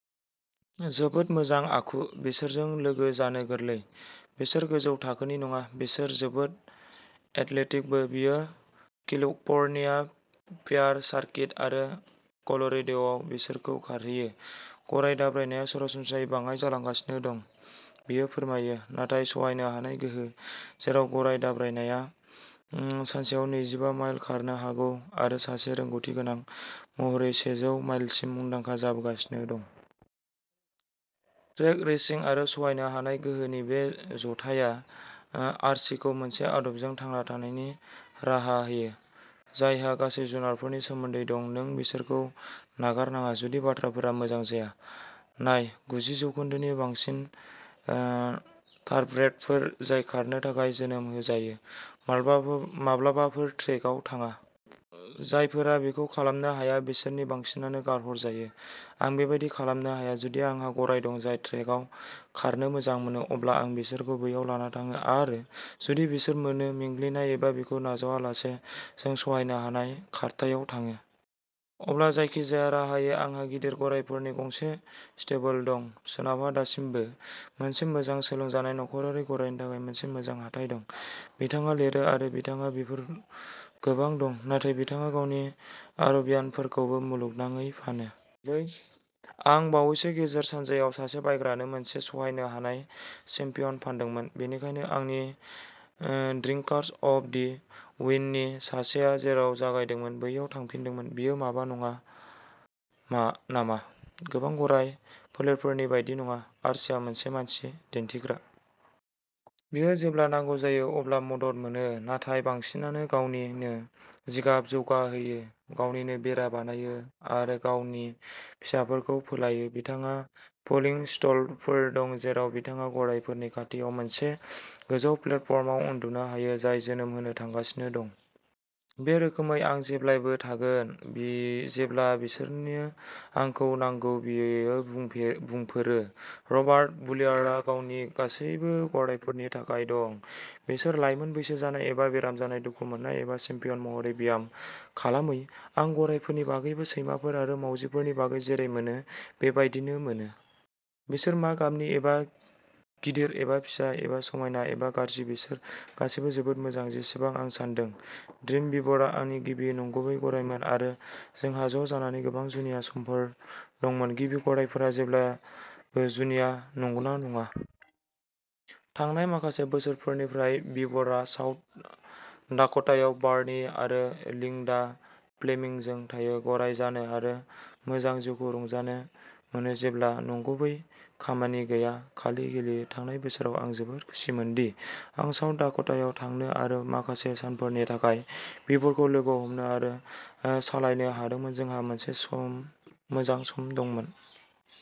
जोबोद मोजां आखु। बिसोरजों लोगो जानो गोरलै, बिसोर गोजौ थाखोनि नङा। बिसोर जोबोद एथलेटिकबो। बियो केलिफर्निया फेयार सार्किट आरो कलरेड'आव बिसोरखौ खारहोयो। गराय दाब्रायनाया सरासनस्रायै बाङाइ जालांगासिनो दं, बियो फोरमायो, नाथाय सहायनो हानाय गोहो, जेराव गराय दाब्रायनाया सानसेयाव नैजि बा माइल खारनो हागौ आरो सासे रोंग'थि गोनां महरै सेजौ माइलसिम, मुंदांखा जाबोगासिनो दं। ट्रेक रेसिं आरो सहायनो हानाय गोहोनि बे जथाया आर्चीखौ मोनसे आदबजों थांना थानायनि राहा होयो, जायहा गासै जुनारफोरनि सोमोन्दै दं नों बिसोरखौ नागारनाङा, जुदि बाथ्राफोरा मोजां जाया। नाय, गुजि जौखोन्दोनि बांसिन थारब्रेडफोर जाय खारनो थाखाय जोनोम होजायो, माब्लाबाबो ट्रेकआव थाङा। जायफोरा बेखौ खालामनो हाया, बिसोरनि बांसिनानो गारहरजायो। आं बेबादि खालामनो हाया। जुदि आंहा गराय दं जाय ट्रेकआव खारनो मोजां मोनो, अब्ला आं बिसोरखौ बैयाव लाना थाङो आरो जुदि बिसोर मोनो मेंग्लिनाय एबा बेखौ नाजावालासे, जों सहायनो हानाय खारथायाव थाङो। अब्ला जायखिजाया राहायै, आंहा गिदिर गरायफोरनि गंसे स्टेबल दं। सोनाबहा, दासिमबो मोनसे मोजां सोलोंजानाय नखरारि गरायनि थाखाय मोनसे मोजां हाथाय दं, बिथाङा लिरो आरो बिथांहा बेफोर गोबां दं। नाथाय बिथाङा गावनि आरबियानफोरखौबो मुलुगनाङै फानो। आं बावैसो गेजेर सानजायाव सासे बायग्रानो मोनसे सहायनो हानाय चेम्पियन फानदोंमोन, बेनिखायनो आंनि ड्रिंकार्स अफ दि उइन्ड'नि सासेया जेराव जागायदोंमोन बैयाव थांफिनदोंमोन। बेयो माबा नङा नामा? गोबां गराय फोलेरगिरिफोरनि बायदि नङा, आर्चीआ मोनसे मानसि दिन्थिग्रा। बियो जेब्ला नांगौ जायो अब्ला मदद मोनो, नाथाय बांसिनानो गावनिनो जिगाब जौगाहोयो, गावनिनो बेरा बानायो आरो गावनि फिसाफोरखौ फोलायो। बिथांहा फोलिं स्टलफोर दं जेराव बिथाङा गरायफोरनि खाथियाव मोनसे गोजौ प्लेटफर्माव उन्दुनो हायो जाय जोनोम होनो थांगासिनो दं। बे रोखोमै आं जेब्लाबो थागोन जेब्ला बिसोरनो आंखौ नांगौ, बियो बुंफोरो। रबार्ट बुलियारआ गावनि गासिबो गरायफोरनि थाखाय दं, बिसोर लाइमोन, बैसो जानाय एबा बेराम जानाय, दुखु मोननाय एबा चेम्पियन महरै ब्याम खालामै। आं गरायफोरनि बागैबो सैमाफोर आरो मावजिफोरनि बागै जेरै मोनो, बे बादिनो मोनो। बिसोर मा गाबनि एबा गिदिर एबा फिसा एबा समायना एबा गाज्रि बिसोर गासैबो जोबोद मोजां, जेसेबां आं सान्दों। ड्रिम वीवरआ आंनि गिबि नंगुबै गरायमोन आरो जोंहा ज' जानानै गोबां जुनिया समफोर दंमोन। गिबि गरायफोरा जेब्लाबो जुनिया, नंगौना नङा? थांनाय माखासे बोसोरफोरनिफ्राय वीवरआ साउथ डाकटायाव बार्नी आरो लिंडा फ्लेमिंगजों थायो, गराय जानो आरो मोजां जिउखौ रंजानो मोनो जेबो नंगुबै खामानि गैया, खालि गेलेयो। थांनाय बोसोराव आं जोबोद खुसिमोन दि आं साउथ डाकटायाव थांनो आरो माखासे सानफोरनि थाखाय वीवरखौ लोगो हमनो आरो सालायनो हादोंमोन। जोंहा मोनसे मोजां सम दंमोन।